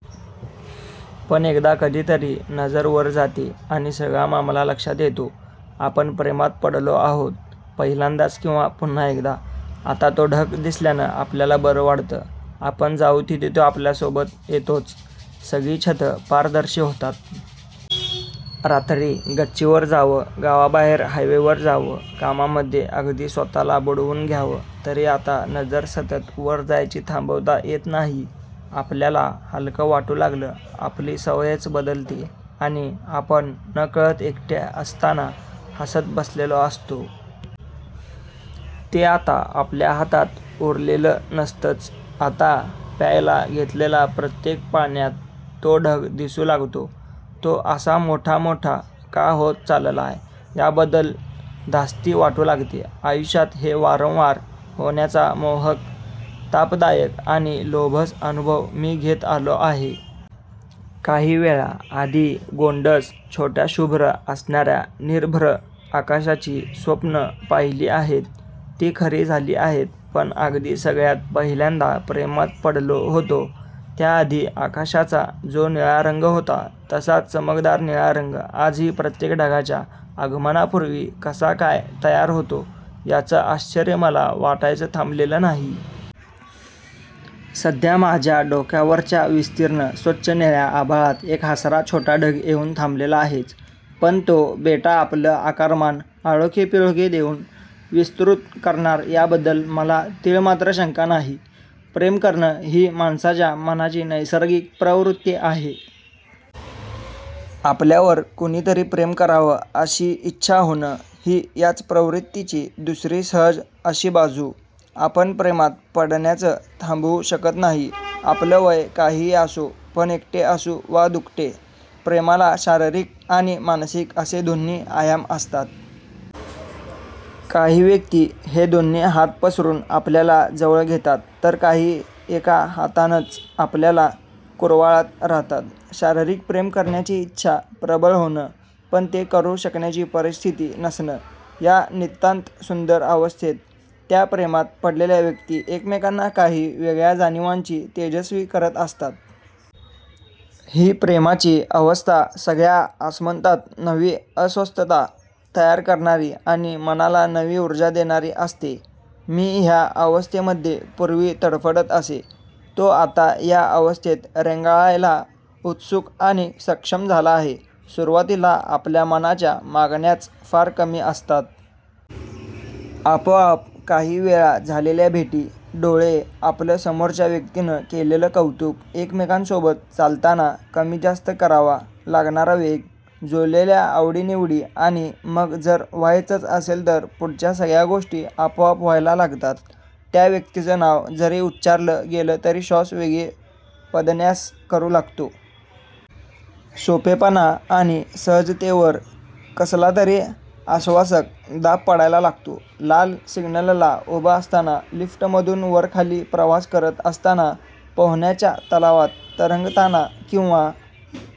पण एकदा कधीतरी नजर वर जाते आणि सगळा मामला लक्षात येतो. आपण प्रेमात पडलो आहोत. पहिल्यांदाच किंवा पुन्हा एकदा. आता तो ढग दिसल्यानं आपल्याला बरं वाटतं. आपण जाऊ तिथे तो आपल्यासोबत येतोच. सगळी छतं पारदर्शी होतात. रात्री गच्चीवर जावं, गावाबाहेर हायवेवर जावं, कामामध्ये अगदी स्वतःला बुडवून घ्यावं, तरी आता नजर सतत वर जायची थांबवता येत नाही. आपल्याला हलकं वाटू लागलं, आपली सवयच बदलते आणि आपण नकळत एकटे असताना हसत बसलेलो असतो. ते आता आपल्या हातात उरलेलं नसतंच. आता प्यायला घेतलेल्या प्रत्येक पाण्यात तो ढग दिसू लागतो. तो असा मोठा मोठा का होत चाललाय, याबद्दल धास्ती वाटू लागते. आयुष्यात हे वारंवार होण्याचा मोहक, तापदायक आणि लोभस अनुभव मी घेत आलो आहे. काही वेळा आधी गोंडस छोट्या शुभ्र असणाऱ्या निरभ्र आकाशाची स्वप्नं पाहिली आहेत. ती खरी झाली आहेत. पण अगदी सगळ्यात पहिल्यांदा प्रेमात पडलो होतो, त्याआधी आकाशाचा जो निळा रंग होता, तसाच चमकदार निळा रंग आजही प्रत्येक ढगाच्या आगमनापूर्वी कसा काय तयार होतो, याचं आश्चर्य मला वाटायचं थांबलेलं नाही. सध्या माझ्या डोक्यावरच्या विस्तीर्ण स्वच्छ निळ्या आभाळात एक हसरा छोटा ढग येऊन थांबलेला आहेच. पण तो बेटा आपलं आकारमान आळोखेपिळोखे देऊन विस्तृत करणार याबद्दल मला तीळमात्र शंका नाही. प्रेम करणं ही माणसाच्या मनाची नैसर्गिक प्रवृत्ती आहे. आपल्यावर कुणीतरी प्रेम करावं अशी इच्छा होणं, ही याच प्रवृत्तीची दुसरी सहज अशी बाजू. आपण प्रेमात पडण्याचं थांबवू शकत नाही. आपलं वय काहीही असो. आपण एकटे असू वा दुकटे. प्रेमाला शारीरिक आणि मानसिक असे दोन्ही आयाम असतात. काही व्यक्ती हे दोन्ही हात पसरून आपल्याला जवळ घेतात, तर काही एका हातानंच आपल्याला कुरवाळत राहतात. शारीरिक प्रेम करण्याची इच्छा प्रबळ होणं, पण ते करू शकण्याची परिस्थिती नसणं, या नितांतसुंदर अवस्थेत त्या प्रेमात पडलेल्या व्यक्ती एकमेकांना काही वेगळ्या जाणिवांची तेजस्वी करत असतात. ही प्रेमाची अवस्था सगळ्या आसमंतात नवी अस्वस्थता तयार करणारी आणि मनाला नवी ऊर्जा देणारी असते. मी ह्या अवस्थेमध्ये पूर्वी तडफडत असे. तो आता या अवस्थेत रेंगाळायला उत्सुक आणि सक्षम झाला आहे. सुरुवातीला आपल्या मनाच्या मागण्याच फार कमी असतात. आपोआप काही वेळा झालेल्या भेटी, डोळे, आपलं समोरच्या व्यक्तीनं केलेलं कौतुक, एकमेकांसोबत चालताना कमी जास्त करावा लागणारा वेग, जुळलेल्या आवडीनिवडी, आणि मग जर व्हायचंच असेल तर पुढच्या सगळ्या गोष्टी आपोआप व्हायला लागतात. त्या व्यक्तीचं नाव जरी उच्चारलं गेलं तरी श्वास वेगळे पदन्यास करू लागतो. सोपेपणा आणि सहजतेवर कसलातरी आश्वासक दाब पडायला लागतो. लाल सिग्नलला उभं असताना, लिफ्टमधून वरखाली प्रवास करत असताना, पोहण्याच्या तलावात तरंगताना किंवा